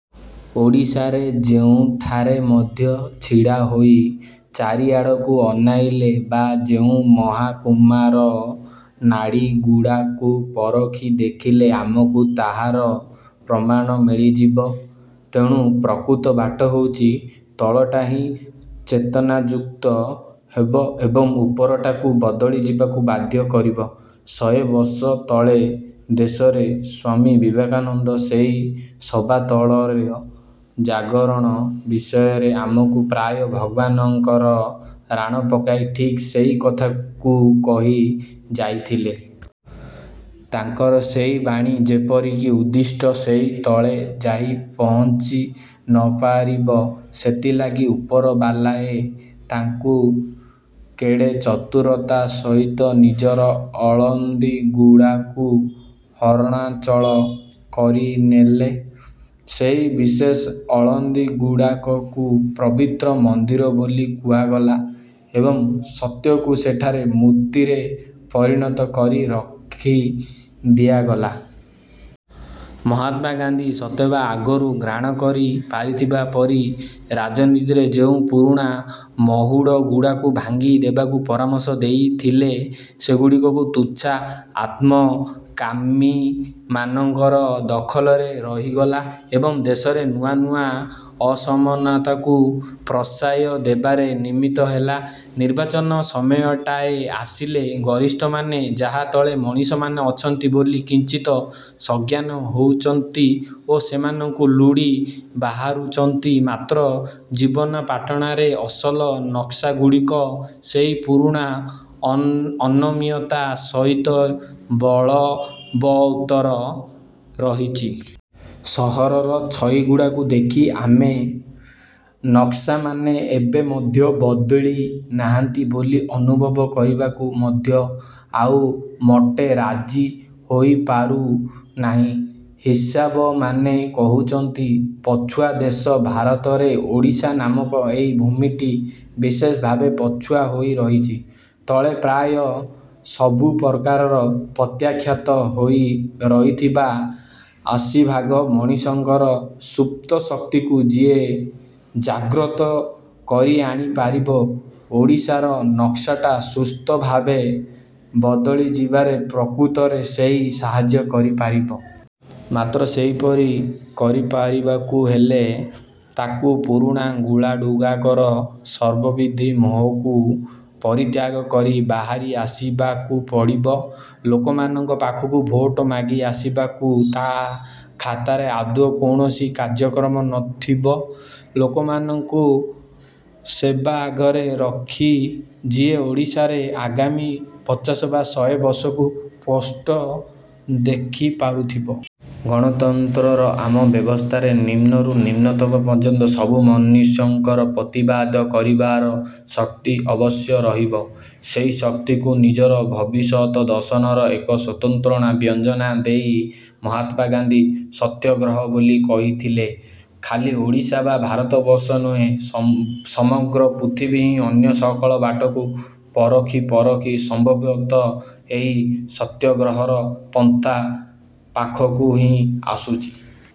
ଓଡ଼ିଶାରେ ଯେଉଁଠାରେ ମଧ୍ୟ ଛିଡ଼ା ହୋଇ ଚାରିଆଡ଼କୁ ଅନାଇଲେ ବା ଯେଉଁ ମହକୁମାର ନାଡ଼ିଗୁଡ଼ାକୁ ପରଖି ଦେଖିଲେ ଆମକୁ ତାହାର ପ୍ରମାଣ ମିଳିଯିବ। ତେଣୁ, ପ୍ରକୃତ ବାଟ ହେଉଛି, ତଳଟା ହିଁ ଚେତନାଯୁକ୍ତ ହେବ ଏବଂ ଉପରଟାକୁ ବଦଳି ଯିବାକୁ ବାଧ୍ୟ କରିବ। ଶହେବର୍ଷ ତଳେ ଦେଶରେ ସ୍ୱାମୀ ବିବେକାନନ୍ଦ ସେହି ସବାତଳର ଜାଗରଣ ବିଷୟରେ ଆମକୁ ପ୍ରାୟ ଭଗବାନଙ୍କର ରାଣ ପକାଇ ଠିକ୍ ସେହି କଥାଟିକୁ କହି ଯାଇଥିଲେ। ତାଙ୍କର ସେହି ବାଣୀ। ଯେପରି ଉଦ୍ଦିଷ୍ଟ ସେହି ତଳେ ଯାଇ ପହଞ୍ଚି ନପାରିବ, ସେଥିଲାଗି ଉପରବାଲାଏ ତାଙ୍କୁ କେଡ଼େ ଚତୁରତାର ସହିତ ନିଜର ଅଳନ୍ଦିଗୁଡ଼ାକୁ ହରଣଚାଳ କରିନେଲେ। ସେହି ବିଶେଷ ଅଳନ୍ଦିଗୁଡ଼ାକୁ ପବିତ୍ର ମନ୍ଦିର ବୋଲି କୁହାଗଲା ଏବଂ ସତ୍ୟକୁ ସେଠାରେ ମୂର୍ତ୍ତିରେ ପରିଣତ କରି ରଖି ଦିଆଗଲା। ମହାତ୍ମା ଗାନ୍ଧୀ ସତେଅବା ଆଗରୁ ଘ୍ରାଣ କରି ପାରିଥିବା ପରି ରାଜନୀତିରେ ଯେଉଁ ପୁରୁଣା ମହୁଡ଼ଗୁଡ଼ାକୁ ଭାଙ୍ଗି ଦେବାକୁ ପରାମର୍ଶ ଦେଇଥିଲେ, ସେଗୁଡ଼ିକ ତୁଚ୍ଛା ଆତ୍ମକାମୀମାନଙ୍କର ଦଖଲରେ ରହିଗଲା ଏବଂ ଦେଶରେ ନୂଆ ନୂଆ ଅସମର୍ଥତାକୁ ପ୍ରଶ୍ରୟ ଦେବାରେ ନିମିତ୍ତ ହେଲା। ନିର୍ବାଚନ ସମୟଟାଏ ଆସିଲେ ଗରିଷ୍ଠମାନେ ଯାହା ତଳେ ମଣିଷମାନେ ଅଛନ୍ତି ବୋଲି କିଞ୍ଚିତ୍ ସଜ୍ଞାନ ହେଉଛନ୍ତି, ଓ ସେମାନଙ୍କୁ ଲୋଡ଼ି ବାହାରୁଛନ୍ତି, ମାତ୍ର ଜୀବନପାଟଣାର ଅସଲ ନକ୍ସାଗୁଡ଼ାକ ସେହି ପୁରୁଣା ଅନମନୀୟତା ସହିତ ହିଁ ବଳବତ୍ତର ରହିଛି। ସହରର ଛଇଗୁଡ଼ାକୁ ଦେଖି ଆମେ ନକ୍ସାମାନେ ଏବେ ମଧ୍ୟ ବଦଳି ନାହାନ୍ତି ବୋଲି ଅନୁଭବ କରିବାକୁ ମଧ୍ୟ ଆଉ ମୋଟେ ରାଜି ହୋଇପାରୁ ନାହୁଁ। ହିସାବମାନେ କହୁଛନ୍ତି, ପଛୁଆ ଦେଶ ଭାରତରେ ଓଡ଼ିଶା ନାମକ ଏହି ଭୂମିଟି ବିଶେଷ ଭାବରେ ପଛୁଆ ହୋଇ ରହିଛି। ତଳେ ପ୍ରାୟ ସବୁପ୍ରକାରର ପ୍ରତ୍ୟାଖ୍ୟାତ ହୋଇ ରହିଥିବା ଅଶୀଭାଗ ମଣିଷଙ୍କର ସୁପ୍ତ ଶକ୍ତିକୁ ଯିଏ ଜାଗ୍ରତ କରିଆଣି ପାରିବ, ଓଡ଼ିଶାର ନକ୍ସାଟା ସୁସ୍ଥ ଭାବ ବଦଳି ଯିବାରେ ପ୍ରକୃତରେ ସେଇ ସାହାଯ୍ୟ କରିପାରିବ। ମାତ୍ର, ସେପରି କରିପାରିବାକୁ ହେଲେ ତାକୁ ପୁରୁଣା ଗୁଳାଗୁଡ଼ାକର ସର୍ବବିଧ ମୋହକୁ ପରିତ୍ୟାଗ କରି ବାହାରି ଆସିବାକୁ ପଡ଼ିବ। ଲୋକମାନଙ୍କ ପାଖକୁ ଭୋଟ ମାଗି ଆସିବାକୁ ତା' ଖାତାରେ ଆଦୌ କୌଣସି କାର୍ଯ୍ୟକ୍ରମ ନଥିବ। ଲୋକମାନଙ୍କୁ ସବାଆଗରେ ରଖି ଯିଏ ଓଡ଼ିଶାରେ ଆଗାମୀ ପଚାଶ ବା ଶହେ ବର୍ଷକୁ ସ୍ପଷ୍ଟ ଦେଖି ପାରୁଥିବ। ଗଣତନ୍ତ୍ରର ଆମ ବ୍ୟବସ୍ଥାରେ ନିମ୍ନରୁ ନିମ୍ନତମ ପର୍ଯ୍ୟନ୍ତ ସବୁ ମନୁଷ୍ୟଙ୍କର ପ୍ରତିବାଦ କରିବାର ଶକ୍ତି ଅବଶ୍ୟ ରହିବ। ସେହି ଶକ୍ତିକୁ ନିଜ ଭବିଷ୍ୟତଦର୍ଶନର ଏକ ସ୍ୱତନ୍ତ୍ର ବ୍ୟଞ୍ଜନା ଦେଇ ମହାତ୍ମା ଗାନ୍ଧୀ ସତ୍ୟାଗ୍ରହ ବୋଲି କହିଥିଲେ। ଖାଲି ଓଡ଼ିଶା ବା ଭାରତବର୍ଷ ନୁହେଁ, ସମଗ୍ର ପୃଥବୀ ହିଁ ଅନ୍ୟ ସକଳ ବାଟକୁ ପରଖି ପରଖି ସମ୍ଭବତଃ ଏହି ସତ୍ୟାଗ୍ରହର ପନ୍ଥା ପାଖକୁ ହିଁ ଆସୁଛି।